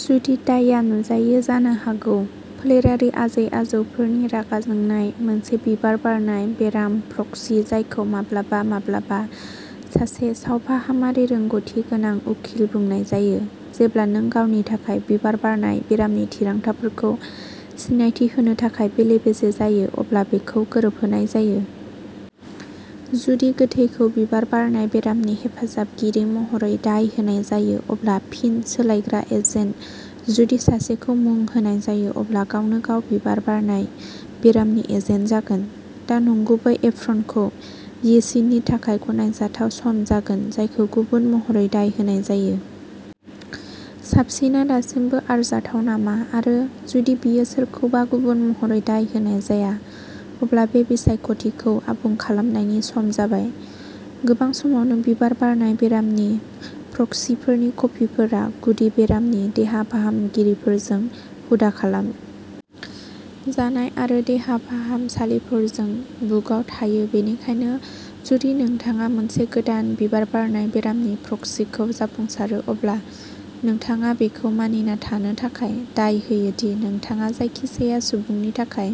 जुदि दायआ नुजायो जानो हागौ फोलेरारि आजै-आजौफोरनि रागा जोंनाय। मोनसे बिबार बारनाय बेराम प्रक्सि जायखौ माब्लाबा माब्लाबा सासे सावफाहामारि रोंग'थि गोनां उखिल बुंनाय जायो जेब्ला नों गावनि थाखाय बिबार बारनाय बेरामनि थिरांथाफोरखौ सिनायथि होनो थाखाय बेले-बेजे जायो अब्ला बेखौ गोरोबहोनाय जायो। जुदि गोथैखौ बिबार बारनाय बेरामनि हेफाजाबगिरि महरै दाय होनाय जायो अब्ला फिन सोलायग्रा एजेन्ट जुदि सासेखौ मुं होनाय जायो अब्ला गावनो-गाव बिबार बारनाय बेरामनि एजेन्ट जागोन। दा नंगुबै एप्रनखौ यिसिनि थाखाय गनायजाथाव सम जागोन जायखौ गुबुन महरै दाय होनाय जायो। साबसिनआ दासिमबो आरजाथाव नामा? आरो जुदि बियो सोरखौबा गुबुन महरै दाय होनाय जाया, अब्ला बे बिसायख'थिखौ आबुं खालामनायनि सम जाबाय। गोबां समावनो बिबार बारनाय बेरामनि प्रक्सिफोरनि कपिफोरा गुदि बेरामनि देहा फाहामगिरिफोरजों हुदा खालाम जानाय आरो देहा फाहामसालिफोरजों बुकआव थायो बेनिखायनो जुदि नोंथाङा मोनसे गोदान बिबार बारनाय बेरामनि प्रक्सिखौ जाफुंसारो अब्ला नोंथाङा बेखौ मानिना थानो थाखाय दाय होयो दि नोंथाङा जायखिजाया सुबुंनि थाखाय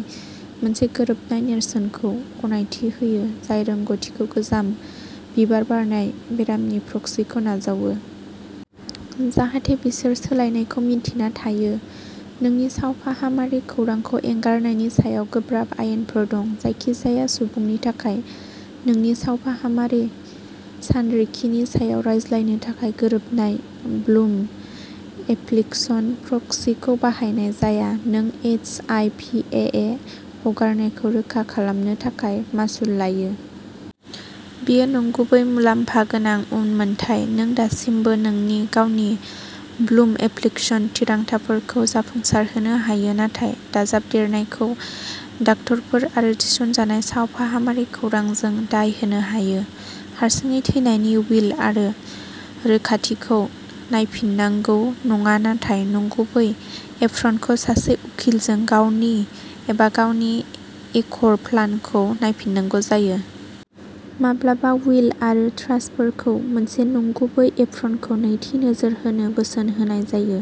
मोनसे गोरोबनाय नेरसोनखौ गनायथि होयो जाय रोंग'थिखौ गोजाम बिबार बारनाय बेरामनि प्रक्सिखौ नाजावो। जाहाथे बिसोर सोलायनायखौ मिन्थिना थायो। नोंनि सावफाहामारि खौरांखौ एंगारनायनि सायाव गोब्राब आयेनफोर दं। जायखिजाया सुबुंनि थाखाय नोंनि सावफाहामारि सानरिखिनि सायाव रायज्लायनो थाखाय गोरोबनायाव ब्लुम एफ्लिक्शन प्रक्सिखौ बाहायनाय जाया नों ऐडस आइ पि ए ए हगारनायखौ रोखा खालामनो थाखाय मासुल लायो। बेयो नंगुबै मुलाम्फा गोनां उनमोनथाय नों दासिमबो नोंनि गावनि ब्लुम एफ्लिक्शन थिरांथाफोरखौ जाफुंसारहोनो हायो नाथाय दाजाबदेरनायखौ दाक्ट'रफोर आरो थिसनजानाय सावफाहामारि खौरांजों दाय होनो हायो। हारसिङै थैनायनि उइल आरो रोखाथिखौ नायफिननांगौ नङा नाथाय नंगुबै एप्रनखौ सासे उखिलजों गावनि एबा गावनि एकर प्लानखौ नायफिननांगौ जायो। माब्लाबा उइल आरो ट्रास्टफोरखौ मोनसे नंगुबै एप्रनखौ "नैथि नोजोर" होनो बोसोन होनाय जायो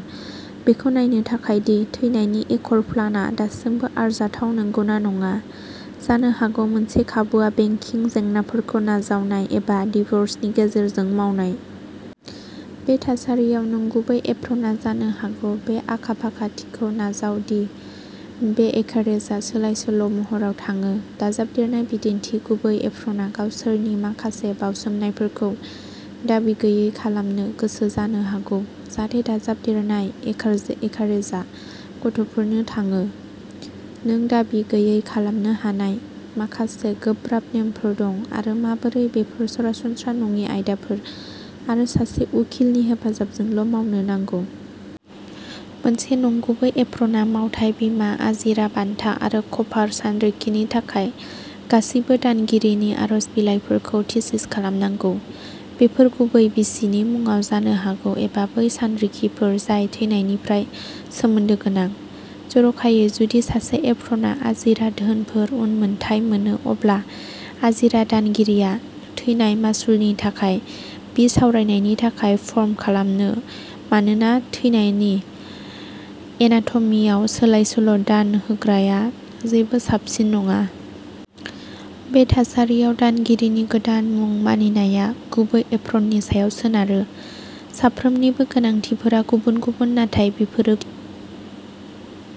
बेखौ नायनो थाखाय दि थैनायनि एकर प्लानआ दासिमबो आरजाथाव नंगौना नङा। जानो हागौ मोनसे खाबुआ बेंकिं जेंनाफोरखौ नाजावनाय एबा डिव'र्सनि गेजेरजों मावनाय। बे थासारियाव नंगुबै एप्रनआ जानो हागौ। बे आखा-फाखाथिखौ नाजाव दि बै एकारेजआ सोलाय-सोल'महराव थाङो। दाजाबदेरनाय बिदिन्थि गुबै एप्रनआ गावसोरनि माखासे बावसोमनायफोरखौ "दाबि गैयै" खालामनो गोसो जानो हागौ जाहाथे दाजाबदेरनाय एका एकारेजआ गथ'फोरनो थाङो। नों दाबि गैयै खालामनो हानाय माखासे गोब्राब नेमफोर दं आरो माबोरै बेफोर सरासनस्रा नङि आयदाफोर आरो सासे उखिलनि हेफाजाबजोंल' मावनो नांगौ। मोनसे नंगुबै एप्रनआ मावथाय बीमा, आजिरा, बानथा आरो कफार सानरिखिनि थाखाय गासिबो दानगिरिनि आरज बिलाइफोरखौ थिसिस खालामनांगौ। बेफोर गुबै बिसिनि मुंआव जानो हागौ एबा बै सानरिखिफोर जाय थैनायनिफ्राय सोमोन्दो गोनां। जर'खायै जुदि सासे एप्रनआ आजिरा धोनफोर उनमोनथाय मोनो अब्ला आजिरा दानगिरिया थैनाय मासुलनि थाखाय बि सावरायनायनि थाखाय फर्म खालामो मानोना थैनायनि एनाट'मीयाव सोलाय-सोल' दान होग्रया जेबो साबसिन नङा। बे थासारियाव दानगिरिनि गोदान मुं मानिनाया गुबै एप्रननि सायाव सोनारो। साफ्रोमनिबो गोनांथिफोरा गुबुन-गुबुन नाथाय बेफोरो गु।